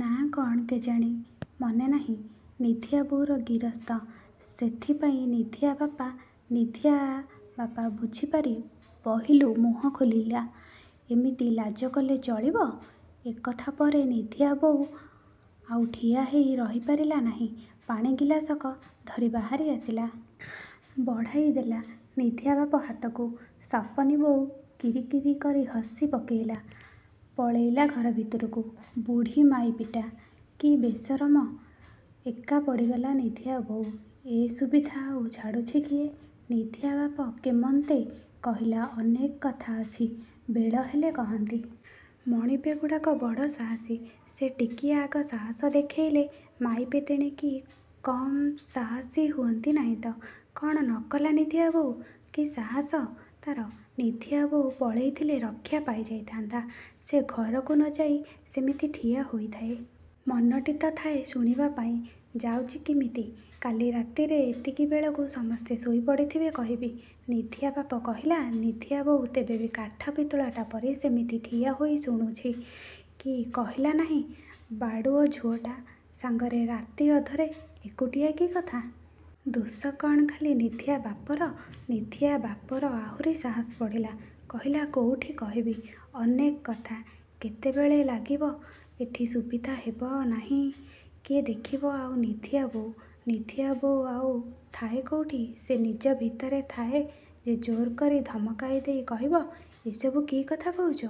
ନାଆଁ କ'ଣ କେଜାଣି ମନେ ନାହିଁ। ନିଧିଆ ବୋଉର ଗିରସ୍ତ, ସେଥିପାଇଁ ନିଧିଆ ବାପ। ନିଧିଆ ବାପ ବୁଝିପାରି ପହିଲୁ ମୁହଁ ଖୋଲିଲା''ଏମିତି ଲାଜକଲେ ଚଳିବ? '' ଏକଥା ପରେ ନିଧିଆବୋଉ ଆଉ ଠିଆ ହେଇ ରହି ପାରିଲାନାହିଁ। ପାଣି ଗିଲାସକ ଧରି ବାହାରି ଆସିଲା। ବଢ଼େଇ ଦେଲା ନିଧିଆବାପ ହାତକୁ। ସପନୀବୋଉ କିରି କିରି କରି ହସି ପକେଇଲା। ପଳେଇଲା ଘର ଭିତରକୁ। ବୁଢ଼ୀ ମାଇପିଟା। କି ବେସରମ। ଏକା ପଡ଼ିଗଲା ନିଧିଆ ବୋଉ। ଏ ସୁବିଧା ଆଉ ଛାଡ଼ୁଛି କିଏ? ନିଧିଆବାପ କେମନ୍ତେ କହିଲା ଅନେକ କଥା ଅଛି ବେଳହେଲେ କହନ୍ତି। ମିଣିପେଗୁଡ଼ାକ ବଡ଼ ସାହସୀ। ସେ ଟିକିଏ ଆଗ ସାହସ ଦେଖେଇଲେ ମାଇପେ ତେଣିତି କମ୍ ସାହସୀ ହୁଅନ୍ତି ନାହିଁତ! କ'ଣ ନକଲା ନିଧିଆ ବୋଉ। କି ସାହସ ତା'ର! ନିଧିଆବୋଉ ପଳେଇଥିଲେ ରକ୍ଷା ପାଇ ଯାଇଥାନ୍ତା। ସେ ଘରକୁ ନଯାଇ ସେମିତି ଠିଆ ହୋଇଥାଏ। ମନଟି ତ ଥାଏ ଶୁଣିବାପାଇଁ ଯାଉଚି କିମିତି। ''କାଲି ରାତିରେ ଏତିକିବେଳକୁ ସମସ୍ତେ ଶୋଇ ପଡ଼ିଥିବେ କହିବି। '' ନିଧିଆ ବାପ କହିଲା। ନିଧିଆବୋଉ ତେବେବି କାଠ ପିତୁଳାଟାପରି ସେମିତି ଠିଆ ହୋଇ ଶୁଣୁଛି। କି କହିଲାନାହିଁ ବାଡ଼ୁଅ ଝୁଅଟା ସାଙ୍ଗରେ ରାତିଅଧରେ ଏକୁଟିଆ କି କଥା! ଦୋଷ କ'ଣ ଖାଲି ନିଧିଆବାପର! ନିଧିଆବାପର ଆହୁରି ସାହସ ବଢ଼ିଲା। କହିଲା''କୋଉଠି କହିବି? ଅନେକ କଥା କେତେବେଳ ଲାଗିବ। ଏଠି ସୁବିଧା ହେବ ନାହିଁ। କିଏ ଦେଖିବ। '' ଆଉ ନିଧିଆ ବୋଉ! ନିଧିଆବୋଉ ଆଉ ଥାଏ କୋଉଠି। ସେ ନିଜଭିତରେ ଥାଏ ଯେ ଜୋର୍ କରି ଧମକେଇ ଦେଇ କହିବ ଏସବୁ କି କଥା କହୁଚ?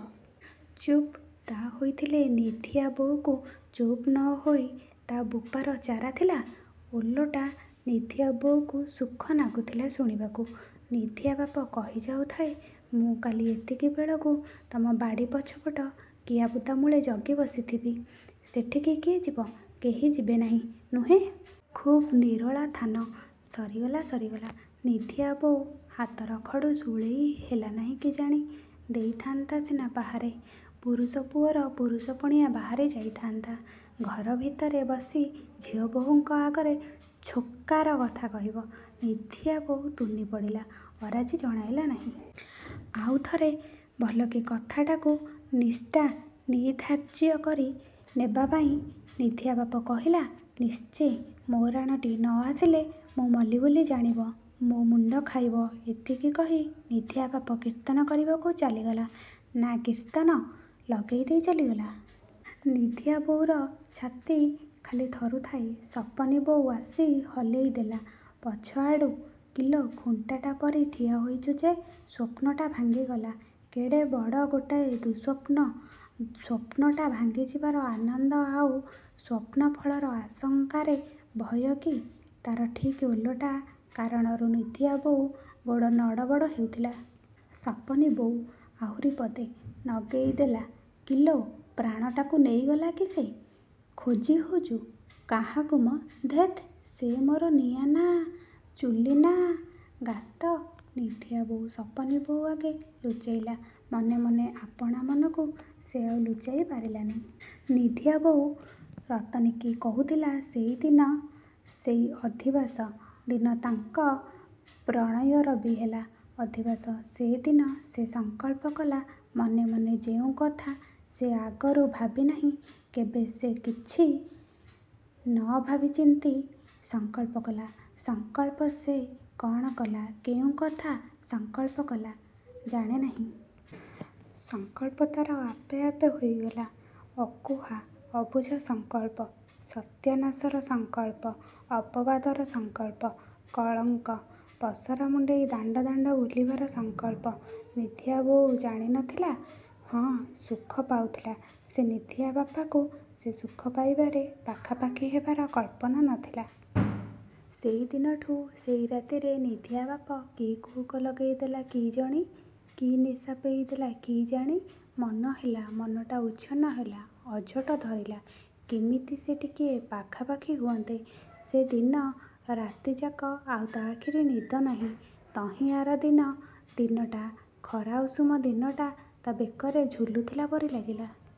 ଚୁପ୍। ତା' ହେଇଥିଲେ ନିଧିଆବୋଉକୁ ଚୁପ୍ ନ ହୋଇ ତା' ବୋପାର ଚାରା ଥିଲା? ଓଲଟ ନିଧିଆ ବୋଉକୁ ସୁଖ ନାଗୁଥିଲା ଶୁଣିବାକୁ। ନିଧିଆବାପ କହିଯାଉଥାଏ ''ମୁଁ କାଲି ଏତିକିବେଳକୁ ତମ ବାଡ଼ି ପଛପଟ କିଆବୁଦା ମୂଳେ ଜଗିବସିଥିବି। ସେଠିକି କିଏ ଯିବ? କେହି ଯିବେ ନାହିଁ, ନୁହେଁ? ଖୁବ୍ ନିରୋଳା ଥାନ '' ସରିଗଲା ସରିଗଲା। ନିଧିଆବୋଉ ହାତର ଖଡ଼ୁ ଶୂଳେଇ ହେଲାନାହିଁ କିଜାଣି। ଦେଇଥାନ୍ତା ସିନା ପାହାରେ ପୁରୁଷପୁଅର ପୁରୁଷପଣିଆ ବାହାରି ଯାଇ ଥାଆନ୍ତା। ଘର ଭିତରେ ବସି ଝିଅବହୂଙ୍କ ଆଗେ ଛୋକାର କଥା କହିବ। ନିଧିଆବୋଉ ତୁନିପଡ଼ିଲା। ଅରାଜି ଜଣେଇଲା ନାହିଁ। ଆଉ ଥରେ ଭଲକି କଥାଟାକୁ ନିଷ୍ଠା ନିଧାର୍ଯ୍ୟ କରି ନେବାପାଇଁ ନିଧିଆବାପ କହିଲା 'ନିଶ୍ଚେ ମୋ ରାଣଟି ନ ଆସିଲେ ମୁଁ ମଲି ବୋଲି ଜାଣିବ ମୋ ମୁଣ୍ଡ ଖାଇବ। ' ଏତିକି କହି ନିଧିଆବାପ କୀର୍ତ୍ତନ କରିବାକୁ ଚାଲିଗଲା ନା କୀର୍ତ୍ତନ ଲଗେଇ ଦେଇ ଚାଲିଗଲା। ନିଧିଆବୋଉର ଛାତି ଖାଲି ଥରୁଥାଏ ସପନୀବୋଉ ଆସି ହଲେଇ ଦେଲା ପଛଆଡ଼ୁ''କିଲୋ ଖୁଣ୍ଟଟା ପରି ଠିଆହେଇଚୁ ଯେ। '' ସ୍ୱପ୍ନଟା ଭାଙ୍ଗିଗଲା। କେଡ଼େ ବଡ଼ ଗୋଟାଏ ଦୁଃସ୍ୱପ୍ନ। ସ୍ୱପ୍ନଟା ଭାଙ୍ଗି ଯିବାର ଆନନ୍ଦ ଆଉ ସ୍ୱପ୍ନଫଳର ଆଶଙ୍କାରେ ଭୟ କି ତା'ର ଠିକ୍ ଓଲଟା କାରଣରୁ ନିଧିଆବୋଉ ଗୋଡ଼ ନଡ଼ବଡ଼ ହେଉଥିଲା। ସପନୀବୋଉ ଆହୁରି ପଦେ ନଗେଇଦେଲା''କିଲୋ? ପ୍ରାଣଟାକୁ ନେଇଗଲା କି ସେ? ଖୋଜି ହଉଚୁ କାହାକୁ ମ! '' ''ଧେତ୍, ସେ ମୋର ନିଆଁ ନା ଚୁଲି ନା ଗାତ? ''। ନିଧିଆବୋଉ ସପନୀବୋଉ ଆଗେ ଲୁଚେଇଲା ମନେ ମନେ। ଆପଣାମନକୁ ସେ ଆଉ ଲୁଚେଇ ପାରିଲାନି। ନିଧିଆବୋଉ ରତନୀକି କହୁଥିଲା ସେଇଦିନ ସେଇ ଅଧିବାସ ଦିନ ତାଙ୍କ ପ୍ରଣୟରବି ହେଲା ଅଧିବାସ। ସେଦିନ ସେ ସଂକଳ୍ପ କଲା ମନେ ମନେ ଯେଉଁକଥା ସେ ଆଗରୁ ଭାବିନାହିଁ କେବେ ସେ କିଛି ନ ଭାବି ନଚିନ୍ତି ସଂକଳ୍ପ କଲା। ସଂକଳ୍ପ ସେ କ'ଣ କଲା, କେଉଁ କଥା ସଂକଳ୍ପ କଲା ଜାଣେ ନାହିଁ। ସଂକଳ୍ପ ତା'ର ଆପେ ଆପେ ହେଇଗଲା। ଅକୁହା, ଅବୁଝା ସଂକଳ୍ପ। ସତ୍ୟାନାଶର ସଂକଳ୍ପ ଅପବାଦର ସଂକଳ୍ପ କଳଙ୍କ ପଶରା ମୁଣ୍ଡେଇ ଦାଣ୍ଡ ଦାଣ୍ଡ ବୁଲିବାର ସଂକଳ୍ପ ନିଧିଆବୋଉ ଜାଣି ନଥିଲା। ହଁ, ସୁଖପାଉଥିଲା ସେ ନିଧିଆବାପକୁ। ସେ ସୁଖ ପାଇବାରେ ପାଖାପାଖି ହେବାର କଳ୍ପନା ନଥିଲା। ସେଇଦିନଠୁ, ସେଇ ରାତିରେ ନିଧିଆବାପ କି କୁହୁକ ଲଗେଇ ଦେଲା କିଜଣି, କି ନିଶା ପେଇ ଦେଇଗଲା କିଜାଣି, ମନହେଲା, ମନଟା ଉଚ୍ଛନ୍ନ ହେଲା, ଅଝଟ ଧରିଲା, କିମିତି ସେ ଟିକିଏ ପାଖାପାଖି ହୁଅନ୍ତେ। ସେଦିନ ରାତିଯାକ ଆଉ ତା' ଆଖିରେ ନିଦନାହିଁ। ତହିଁଆରଦିନ ଦିନଟା, ଖରା ଉଷୁମ ଦିନଟା ତା' ବେକରେ ଝୁଲୁଥିଲା ପରି ଲାଗିଲା।